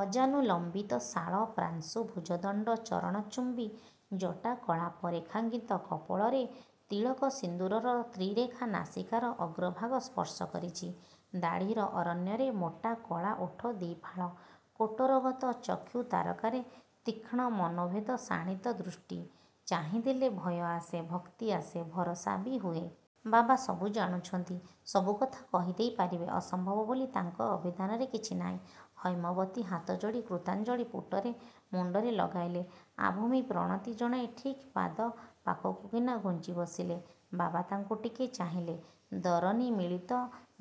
ଆଜାନୁଲମ୍ବିତ ଶାଳ ପ୍ରାଂଶୁ ଭୁଜଦଣ୍ଡ ଚରଣଚୁମ୍ବୀ ଜଟା କଳାପ ରେଖାଙ୍କିତ କପୋଳରେ ତିଳକ-ସିନ୍ଦୂରର ତ୍ରିରେଖା ନାସିକାର ଅଗ୍ରଭାଗ ସ୍ପର୍ଶ କରିଛି। ଦାଢ଼ିର ଅରଣ୍ୟରେ ମୋଟା କଳା ଓଠ ଦି'ଫାଳ। କୋଟରଗତ ଚକ୍ଷୁ ତାରକାରେ ତୀକ୍ଷ୍ଣ ମନୋଭେଦ ଶାଣିତ ଦୃଷ୍ଟି। ଚାହିଁ ଦେଲେ ଭୟ ଆସେ, ଭକ୍ତି ଆସେ, ଭରସା ବି ହୁଏ। ବାବା ସବୁ ଜାଣୁଛନ୍ତି ସବୁକଥା କହିଦେଇ ପାରିବେ। ଅସମ୍ଭବ ବୋଲି ତାଙ୍କ ଅଭିଧାନରେ କିଛି ନାହିଁ। ହୈମବତୀ ହାତଯୋଡ଼ି କୃତାଞ୍ଜଳୀ ପୁଟରେ ମୁଣ୍ଡରେ ଲଗାଇଲେ। ଆଭୂମି ପ୍ରଣତି ଜଣାଇ ଠିକ୍ ପାଦ ପାଖକୁକିନା ଘୁଞ୍ଚି ବସିଲେ। ବାବା ତାଙ୍କୁ ଟିକେ ଚାହିଁଲେ। ଦରନିମୀଳିତ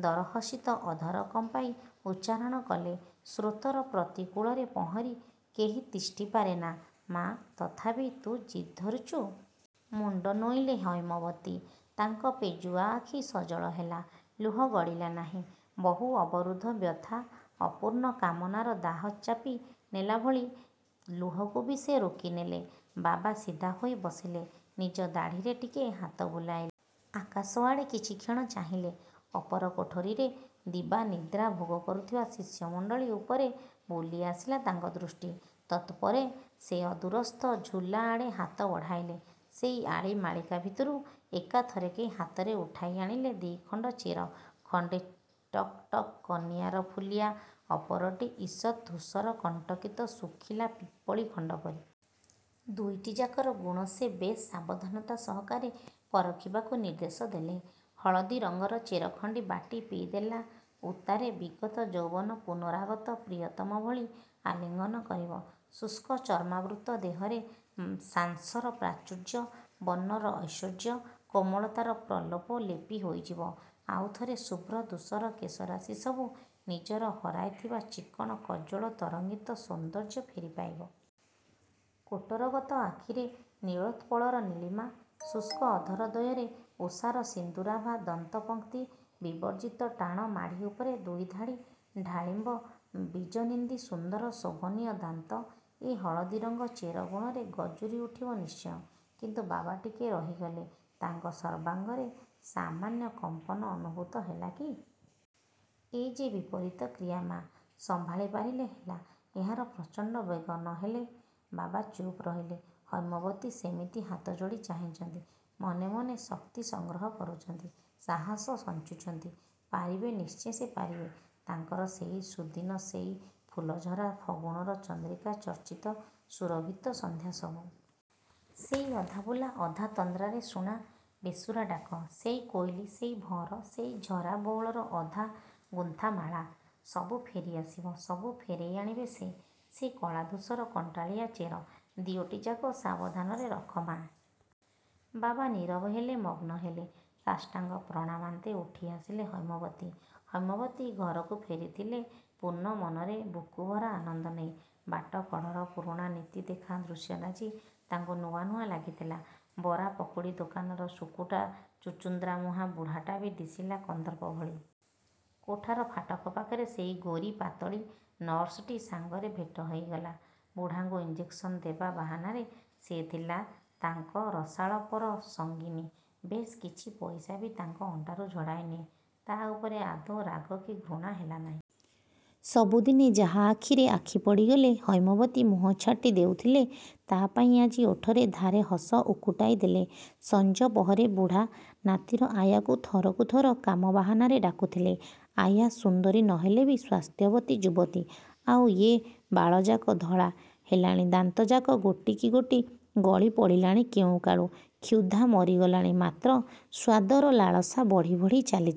ଦରହସିତ ଅଧର କମ୍ପାଇ ଉଚ୍ଚାରଣ କଲେ ''ସ୍ରୋତର ପ୍ରତିକୂଳରେ ପହଁରି କେହି ତିଷ୍ଠି ପାରେନା ମା' ତଥାପି, ତୁ ଜିଦ୍ ଧରୁଛୁ। '' ମୁଣ୍ଡ ନୋଇଁଲେ ହୈମବତୀ। ତାଙ୍କ ପେଜୁଆ ଆଖି ସଜଳ ହେଲା। ଲୁହ ଗଡ଼ିଲା ନାହିଁ। ବହୁ ଅବରୁଦ୍ଧ ବ୍ୟଥା ଅପୂର୍ଣ୍ଣ କାମନାର ଦାହ ଚାପି ନେଲା ଭଳି ଲୁହକୁ ବି ସେ ରୋକି ନେଲେ। ବାବା ସିଧା ହୋଇ ବସିଲେ। ନିଜ ଦାଢ଼ିରେ ଟିକେ ହାତ ବୁଲାଇଲେ। ଆକାଶଆଡ଼େ କିଛିକ୍ଷଣ ଚାହିଁଲେ। ଅପର କୋଠରିରେ ଦିବାନିଦ୍ରା ଭୋଗ କରୁଥିବା ଶିଷ୍ୟମଣ୍ଡଳୀ ଉପରେ ବୁଲି ଆସିଲା ତାଙ୍କ ଦୃଷ୍ଟି। ତତ୍ପରେ ସେ ଅଦୂରସ୍ଥ ଝୁଲାଆଡ଼େ ହାତ ବଢ଼ାଇଲେ। ସେଇ ଆଳିମାଳିକା ଭିତରୁ ଏକାଥରକେ ହାତରେ ଉଠାଇ ଆଣିଲେ ଦି'ଖଣ୍ଡ ଚେର। ଖଣ୍ଡେ ଟକ୍ ଟକ୍ କନିଆରଫୁଲିଆ ଅପରଟି ଇଷତ୍ ଧୂସର କଣ୍ଟକିତ ଶୁଖିଲା ପିପ୍ପଳୀ ଖଣ୍ଡ ପରି। ଦୁଇଟିଯାକର ଗୁଣ ସେ ବେଶ୍ ସାବଧାନତା ସହକାରେ ପରଖିବାକୁ ନିର୍ଦ୍ଦେଶ ଦେଲେ–ହଳଦୀ ରଙ୍ଗର ଚେରଖଣ୍ଡି ବାଟି ପିଇଦେଲା ଉତ୍ତାରେ ବିଗତ ଯୌବନ ପୁନରାଗତ ପ୍ରିୟତମ ଭଳି ଆଲିଙ୍ଗନ କରିବ। ଶୁଷ୍କ ଚର୍ମାବୃତ ଦେହରେ ସାଂସର ପ୍ରାଚୁର୍ଯ୍ୟ, ବର୍ଣ୍ଣର ଐଶ୍ୱର୍ଯ୍ୟ, କୋମଳତାର ପ୍ରଲୋପ ଲେପି ହୋଇଯିବ। ଆଉଥରେ ଶୁଭ୍ର ଧୂସର କେଶରାଶି ସବୁ, ନିଜର ହରାଇଥିବା ଚିକ୍କଣ କଜ୍ଜ୍ୱଳ ତରଙ୍ଗିତ ସୌନ୍ଦର୍ଯ୍ୟ ଫେରି ପାଇବ। କୋଟରଗତ ଆଖିରେ ନୀଳୋତ୍ପଳର ନୀଳିମା, ଶୁଷ୍କ ଅଧର ଦ୍ୱୟରେ ଉଷାର ସିନ୍ଦୂରାଭା ଦନ୍ତ-ପଙକ୍ତି ବିବର୍ଜିତ ଟାଣ ମାଢ଼ି ଉପରେ ଦୁଇଧାଡ଼ି ଢାଳିମ୍ବ ବୀଜନିନ୍ଦି ସୁନ୍ଦର ଶୋଭନୀୟ ଦାନ୍ତ ଏ ହଳଦୀ ରଙ୍ଗ ଚେର ଗୁଣରେ ଗଜୁରୀ ଉଠିବ ନିଶ୍ଚୟ। କିନ୍ତୁ ବାବା ଟିକେ ରହିଗଲେ। ତାଙ୍କ ସର୍ବାଙ୍ଗରେ ସାମାନ୍ୟ କମ୍ପନ ଅନୁଭୂତ ହେଲା କି? ''ଏ, ଯେ, ବିପରୀତ କ୍ରିୟା ମା! ସମ୍ଭାଳି ପାରିଲେ ହେଲା, ଏହାର ପ୍ରଚଣ୍ଡ ବେଗ। ନ ହେଲେ। '' ବାବା ଚୁପ୍ ରହିଲେ। ହୈମବତୀ ସେମିତି ହାତଯୋଡ଼ି ଚାହିଁଛନ୍ତି। ମନେ ମନେ, ଶକ୍ତି ସଂଗ୍ରହ କରୁଛନ୍ତି। ସାହସ ସଞ୍ଚୁଛନ୍ତି। ପାରିବେ ନିଶ୍ଚେ ସେ ପାରିବେ। ତାଙ୍କର ସେଇ ସୁଦିନ ସେଇ ଫୁଲଝରା ଫଗୁଣର ଚନ୍ଦ୍ରିକା– ଚର୍ଚ୍ଚିତ ସୁରଭିତ ସନ୍ଧ୍ୟା ସବୁ। ସେଇ ଅଧା-ଭୁଲା ଅଧା ତନ୍ଦ୍ରାରେ ଶୁଣା, ବେସୁରା ଡାକ; ସେଇ କୋଇଲି, ସେଇ ଭଅଁର, ସେଇ ଝରା ବଉଳର ଅଧା ଗୁନ୍ଥାମାଳା। ସବୁ ଫେରି ଆସିବ। ସବୁ ଫେରେଇ ଆଣିବେ ସେ। "ସେ କଳା ଧୂସର କଣ୍ଟାଳିଆ ଚେର। ଦିଓଟି ଯାକ ସାବଧାନରେ ରଖ ମା। '' ବାବା ନୀରବ ହେଲେ ମଗ୍ନ ହେଲେ। ସାଷ୍ଟାଙ୍ଗ ପ୍ରଣାମାନ୍ତେ ଉଠି ଆସିଲେ ହୈମବତୀ। ହୈମବତୀ ଘରକୁ ଫେରିଥିଲେ ପୂର୍ଣ୍ଣ ମନରେ ବୁକୁଭରା ଆନନ୍ଦ ନେଇ। ବାଟ କଡ଼ର ପୁରୁଣା ନିତି ଦେଖା ଦୃଶ୍ୟରାଜି ତାଙ୍କୁ ନୂଆ ନୂଆ ଲାଗିଥିଲା। ବରା ପକୁଡ଼ି ଦୋକାନର ଶୁକୁଟା ଚୁଚୁନ୍ଦ୍ରା ମୁହାଁ ବୁଢ଼ାଟା ବି ଦିଶିଲା କନ୍ଦର୍ପ ଭଳି। କୋଠାର ଫାଟକ ପାଖରେ ସେଇ ଗୋରୀ ପାତଳୀ ନର୍ସଟି ସାଙ୍ଗରେ ଭେଟ ହୋଇଗଲା।। ବୁଢ଼ାଙ୍କୁ ଇଞ୍ଜେକ୍ସନ୍ ଦେବା ବାହାନାରେ ସେ ଥିଲା, ତାଙ୍କ ରସାଳପର ସଙ୍ଗିନୀ। ବେଶ୍ କିଛି ପଇସା ବି ତାଙ୍କ ଅଣ୍ଟାରୁ ଝଡ଼ାଇ ନିଏ। ତା' ଉପରେ ଆଦୌ ରାଗ କି ଘୃଣା ହେଲା ନାହିଁ। ସବୁଦିନେ ଯାହା ଆଖିରେ ଆଖି ପଡ଼ିଗଲେ ହୈମବତୀ ମୁହଁଛାଟି ଦେଉଥିଲେ, ତା'ପାଇଁ ଆଜି ଓଠରେ ଧାରେ ହସ ଉକୁଟାଇ ଦେଲେ। ସଞ୍ଜ ପହରେ ବୁଢ଼ା, ନାତିର ଆୟାକୁ ଥରକୁ ଥର କାମ ବାହାନାରେ ଡାକୁଥିଲେ। ଆୟା, ସୁନ୍ଦରୀ ନ ହେଲେ ବି ସ୍ୱାସ୍ଥ୍ୟବତୀ ଯୁବତୀ। ଆଉ, ୟେ– ବାଳଯାକ ଧଳା, ହେଲାଣି, ଦାନ୍ତଯାକ ଗୋଟିକି ଗୋଟି ଗଳି ପଡ଼ିଲାଣି କେଉଁକାଳୁ। କ୍ଷୁଧା ମରି ଗଲାଣି ମାତ୍ର ସ୍ୱାଦର ଲାଳସା ବଢ଼ି ବଢ଼ି ଚାଲିଛି।